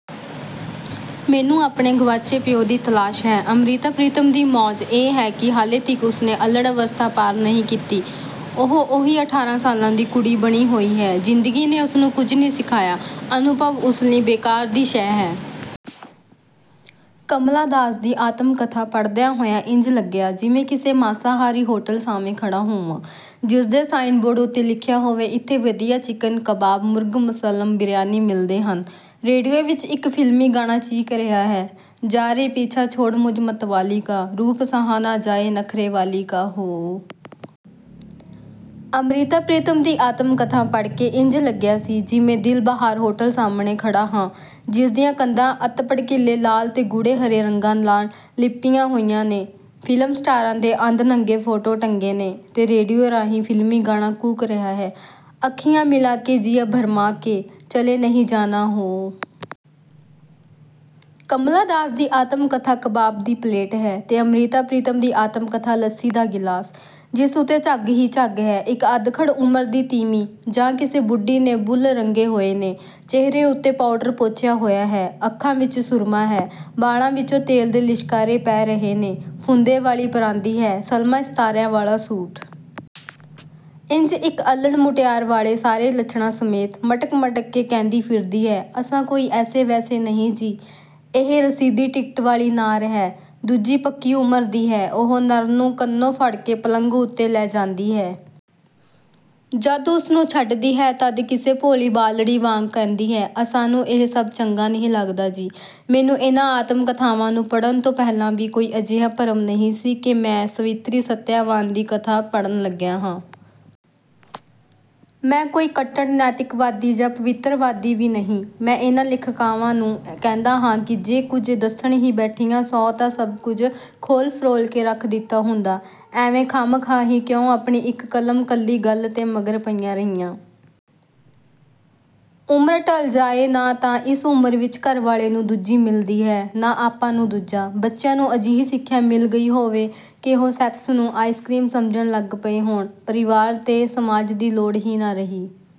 ਮੈਨੂੰ ਆਪਣੇ ਗਵਾਚੇ ਪਿਉ ਦੀ ਤਲਾਸ਼ ਹੈ। ' ਅੰਮ੍ਰਿਤਾ ਪ੍ਰੀਤਮ ਦੀ ਮੌਜ਼ ਇਹ ਹੈ ਕਿ ਹਾਲੇ ਤੀਕ ਉਸਨੇ ਅੱਲ੍ਹੜ ਅਵਸਥਾ ਪਾਰ ਨਹੀਂ ਕੀਤੀ। ਉਹ ਉਹੀ ਅਠਾਂਰ੍ਹਾਂ ਸਾਲਾਂ ਦੀ ਕੁੜੀ ਬਣੀ ਹੋਈ ਹੈ। ਜ਼ਿੰਦਗੀ ਨੇ ਉਸਨੂੰ ਕੁਝ ਨਹੀਂ ਸਿਖਾਇਆ, ਅਨੁਭਵ ਉਸ ਲਈ ਬੇਕਾਰ ਦੀ ਸ਼ੈ ਹੈ। ਕਮਲਾ ਦਾਸ ਦੀ ਆਤਮ-ਕਥਾ ਪੜ੍ਹਦਿਆਂ ਹੋਇਆਂ ਇੰਜ ਲੱਗਿਆ, ਜਿਵੇਂ ਕਿਸੇ ਮਾਸਾਹਾਰੀ ਹੋਟਲ ਸਾਹਵੇਂ ਖੜ੍ਹਾ ਹੋਵਾਂ, ਜਿਸਦੇ ਸਾਈਨ ਬੋਰਡ ਉੱਤੇ ਲਿਖਿਆ ਹੋਵੇ: ਇੱਥੇ ਵਧੀਆ ਚਿਕਨ-ਕਬਾਬ, ਮੁਰਗ-ਮੁਸੱਲਮ, ਬਿਰਿਆਨੀ ਮਿਲਦੇ ਹਨ। ਰੇਡੀਓ ਵਿਚ ਇਕ ਫਿਲਮੀ ਗਾਣਾ ਚੀਕ ਰਿਹਾ ਹੈ 'ਜਾ ਰੇ ਪੀਛਾ ਛੋੜ ਮੁਝ ਮਤਵਾਲੀ ਕਾ, ਰੂਪ ਸਹਾ ਨਾ ਜਾਏ ਨਖ਼ਰੇ ਵਾਲੀ ਕਾ-ਹੋਅ! ' ਅੰਮ੍ਰਿਤਾ ਪ੍ਰੀਤਮ ਦੀ ਆਤਮ-ਕਥਾ ਪੜ੍ਹ ਕੇ ਇੰਜ ਲੱਗਿਆ ਸੀ, ਜਿਵੇ ਦਿਲਬਹਾਰ ਹੋਟਲ ਸਾਹਮਣੇ ਖੜ੍ਹਾ ਹਾਂ, ਜਿਸ ਦੀਆਂ ਕੰਧਾਂ ਅੱਤ ਭੜਕੀਲੇ ਲਾਲ ਤੇ ਗੂੜ੍ਹੇ ਹਰੇ ਰੰਗਾਂ ਨਾਲ ਲਿੱਪੀਆਂ ਹੋਈਆਂ ਨੇ, ਫਿਲਮ ਸਟਾਰਾਂ ਦੇ ਅੱਧਨੰਗੇ ਫੋਟੋ ਟੰਗੇ ਨੇ, ਤੇ ਰੇਡੀਓ ਰਾਹੀਂ ਫਿਲਮੀ ਗਾਣਾ ਕੂਕ ਰਿਹਾ ਹੈ 'ਅੱਖੀਆਂ ਮਿਲਾ ਕੇ ਜੀਆ ਭਰਮਾ ਕੇ, ਚਲੇ ਨਹੀਂ ਜਾਨਾ ਹੋਅ! ' ਕਮਲਾ ਦਾਸ ਦੀ ਆਤਮ ਕਥਾ-ਕਬਾਬ ਦੀ ਪਲੇਟ ਹੈ। ਤੇ ਅੰਮ੍ਰਿਤਾ ਪ੍ਰੀਤਮ ਦੀ ਆਤਮ-ਕਥਾ ਲੱਸੀ ਦਾ ਗਿਲਾਸ, ਜਿਸ ਉੱਤੇ ਝੱਗ ਹੀ ਝੱਗ ਹੈ। ਇਕ ਅੱਧਖੜ ਉਮਰ ਦੀ ਤੀਵੀਂ ਜਾਂ ਕਿਸੇ ਬੁੱਢੀ ਨੇ ਬੁੱਲ੍ਹ ਰੰਗੇ ਹੋਏ ਨੇ, ਚਿਹਰੇ ਉੱਤੇ ਪਾਊਡਰ ਪੋਚਿਆ ਹੋਇਆ ਹੈ, ਅੱਖਾਂ ਵਿਚ ਸੁਰਮਾ ਹੈ, ਵਾਲਾਂ ਵਿਚੋਂ ਤੇਲ ਦੇ ਲਿਸ਼ਕਾਰੇ ਪੈ ਰਹੇ ਨੇ, ਫੁੰਦੇ ਵਾਲੀ ਪਰਾਂਦੀ ਹੈ, ਸਲਮਾ-ਸਿਤਾਰਿਆਂ ਵਾਲਾ ਸੂਟ। ਇੰਜ ਇਕ ਅੱਲ੍ਹੜ ਮੁਟਿਆਰ ਵਾਲੇ ਸਾਰੇ ਲੱਛਣਾ ਸਮੇਤ, ਮਟਕ-ਮਟਕ ਕੇ ਕਹਿੰਦੀ ਫਿਰਦੀ ਹੈ 'ਅਸਾਂ ਕੋਈ ਐਸੇ-ਵੈਸੇ ਨਹੀਂ ਜੀ। ' ਇਹ 'ਰਸੀਦੀ ਟਿਕਟ' ਵਾਲੀ ਨਾਰ ਹੈ। ਦੂਜੀ ਪੱਕੀ ਉਮਰ ਦੀ ਹੈ: ਉਹ ਨਰ ਨੂੰ ਕੰਨੋਂ ਫੜ੍ਹ ਕੇ ਪਲੰਘ ਉੱਤੇ ਲੈ ਜਾਂਦੀ ਹੈ। ਜਦ ਉਸਨੂੰ ਛੱਡਦੀ ਹੈ, ਤਦ ਕਿਸੇ ਭੋਲੀ ਬਾਲੜੀ ਵਾਂਗ ਕਹਿੰਦੀ ਹੈ 'ਅਸਾਨੂੰ ਇਹ ਸਭ ਚੰਗਾ ਨਹੀਂ ਲੱਗਦਾ ਜੀ। ' ਮੈਨੂੰ ਇਹਨਾਂ ਆਤਮ-ਕਥਾਵਾਂ ਨੂੰ ਪੜ੍ਹਨ ਤੋਂ ਪਹਿਲਾਂ ਵੀ ਕੋਈ ਅਜਿਹਾ ਭਰਮ ਨਹੀਂ ਸੀ ਕਿ ਮੈਂ ਸਾਵਿੱਤਰੀ-ਸਤਿਆਵਾਨ ਦੀ ਕਥਾ ਪੜ੍ਹਨ ਲੱਗਿਆ ਹਾਂ। ਮੈਂ ਕੋਈ ਕੱਟੜ ਨੈਤਿਕਤਾਵਾਦੀ ਜਾਂ ਪਵਿੱਤਰਤਾਵਾਦੀ ਵੀ ਨਹੀਂ। ਮੈਂ ਇਹਨਾਂ ਲੇਖਕਾਵਾਂ ਨੂੰ ਕਹਿੰਦਾ ਹਾਂ ਕਿ ਜੇ ਕੁਝ ਦੱਸਣ ਹੀ ਬੈਠੀਆਂ ਸੌ ਤਾਂ ਸਭ ਕੁਝ ਖੋਹਲ-ਫਰੋਲ ਕੇ ਰੱਖ ਦਿੱਤਾ ਹੁੰਦਾ, ਐਵੇਂ, ਖਾਹਮਖਾਹ ਹੀ ਕਿਉਂ ਆਪਣੀ ਇਕ 'ਕੱਲਮ-'ਕੱਲੀ ਗੱਲ ਦੇ ਮਗਰ ਪਈਆਂ ਰਹੀਆਂ। ਉਮਰ ਢਲ ਜਾਏ ਨਾ ਤਾਂ ਇਸ ਉਮਰ ਵਿਚ ਘਰਵਾਲੇ ਨੂੰ ਦੂਜੀ ਮਿਲਦੀ ਹੈ, ਨਾ ਆਪਾਂ ਨੂੰ ਦੂਜਾ। ਬੱਚਿਆਂ ਨੂੰ ਅਜਿਹੀ ਸਿਖਿਆ ਮਿਲ ਗਈ ਹੋਵੇ ਕਿ ਉਹ 'ਸੈਕਸ' ਨੂੰ ਆਈਸਕਰੀਮ ਸਮਝਣ ਲੱਗ ਪਏ ਹੋਣ। ਪਰਿਵਾਰ ਤੇ ਸਮਾਜ ਦੀ ਲੋੜ ਹੀ ਨਾ ਰਹੀ